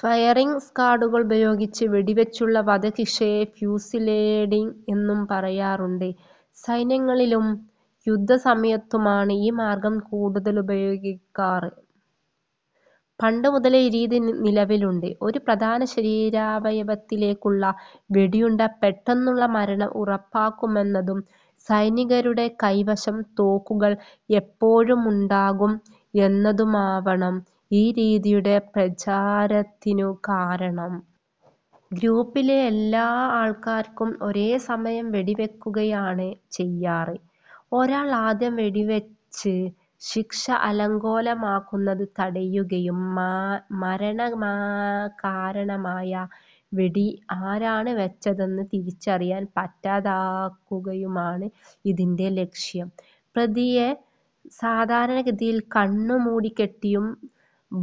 Firing സ്ക്വാഡുപയോഗിച്ച് വെടിവച്ചുള്ള വധശിക്ഷയെ ഫ്യൂസിലേഡിങ് എന്നും പറയാറുണ്ട്. സൈന്യങ്ങളിലും യുദ്ധസമയത്തുമാണ് ഈ മാർഗ്ഗം കൂടുതലുപയോഗിക്കാറ്. പണ്ടു മുതലേ ഈ രീതി നിലവിലുണ്ട്. ഒരു പ്രധാന ശരീരാവയവത്തിലേയ്ക്കുള്ള വെടിയുണ്ട പെട്ടെന്നുള്ള മരണം ഉറപ്പാക്കുമെന്നതും സൈനികരുടെ കൈവശം തോക്കുകൾ എപ്പോഴുമുണ്ടാകും എന്നതുമാവണം ഈ രീതിയുടെ പ്രചാരത്തിനു കാരണം. ഗ്രൂപ്പിലെ എല്ലാ ആൾക്കാർക്കും ഒരേ സമയം വെടി വയ്ക്കുകയാണ് ചെയ്യാറ്. ഒരാൾ ആദ്യം വെടിവച്ച് ശിക്ഷ അലങ്കോലമാക്കുന്നത് തടയുകയും മരണകാരണമായ വെടി ആരാണ് വച്ചതെന്ന് തിരിച്ചറിയാൻ പറ്റാതാക്കുകയുമാണ് ഇതിന്റെ ലക്ഷ്യം. പ്രതിയെ സാധാരണഗതിയിൽ കണ്ണു മൂടിക്കെട്ടിയും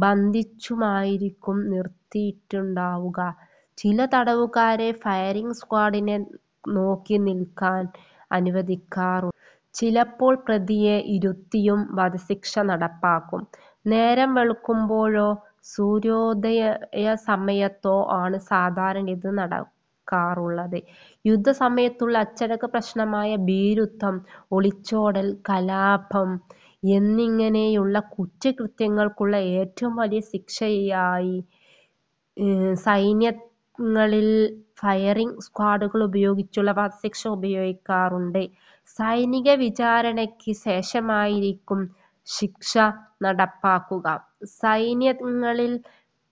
ബന്ധിച്ചുമായിരിക്കും നിറുത്തിയിട്ടുണ്ടാവുക. ചില തടവുകാരെ ഫയറിംഗ് സ്ക്വാഡിനെ നോക്കി നിൽക്കാൻ അനുവദിക്കാറു. ചിലപ്പോൾ പ്രതിയെ ഇരുത്തിയും വധശിക്ഷ നടപ്പാക്കും. നേരം വെളുക്കുമ്പോഴോ സൂര്യോദയസമയത്തോ ആണ് സാധാരണ ഇത് നടക്കാറുള്ളത്. യുദ്ധസമയത്തുള്ള അച്ചടക്കപ്രശ്നമായ ഭീരുത്വം, ഒളിച്ചോടൽ, കലാപം എന്നിങ്ങനെയുള്ള കുറ്റകൃത്യങ്ങൾക്കുള്ള ഏറ്റവും വലിയ ശിക്ഷയായി സൈന്യങ്ങളിൽ ഫയറിംഗ് സ്ക്വാഡുപയോഗിച്ചുള്ള വധശിക്ഷ ഉപയോഗിക്കാറുണ്ട്. സൈനിക വിചാരണയ്ക്ക് ശേഷമായിരിക്കും ശിക്ഷ നടപ്പാക്കുക. സൈന്യങ്ങളിൽ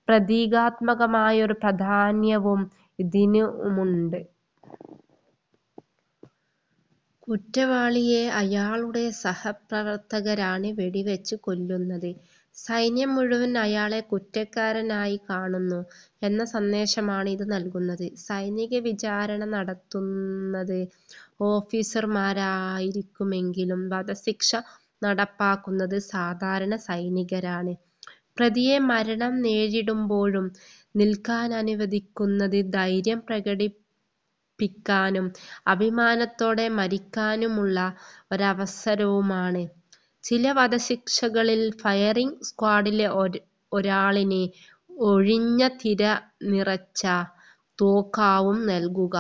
പ്രതീകാത്മകമായ ഒരു പ്രധാന്യവും ഇതിനു മുണ്ട്. കുറ്റവാളിയെ അയാളുടെ സഹപ്രവർത്തകരാണ് വെടിവച്ച് കൊല്ലുന്നത്. സൈന്യം മുഴുവനും അയാളെ കുറ്റക്കാരനായി കാണുന്നു എന്ന സന്ദേശമാണ് ഇതു നൽകുന്നത്. സൈനിക വിചാരണ നടത്തുന്നത് ഓഫീസർമാരായിരിക്കുമെങ്കിലും വധശിക്ഷ നടപ്പാക്കുന്നത് സാധാരണ സൈനികരാണ്. പ്രതിയെ മരണം നേരിടുമ്പോഴും നിൽക്കാനനുവദിക്കുന്നത് ധൈര്യം പ്രകടിപ്പിക്കാനും അഭിമാനത്തോടെ മരിക്കാനുമുള്ള ഒരവസരവുമാണ്. ചില വധശിക്ഷകളിൽ ഫയറിംഗ് സ്ക്വാഡിലെ ഒരാളിന് ഒഴിഞ്ഞ തിര നിറച്ച തോക്കാവും നൽകുക.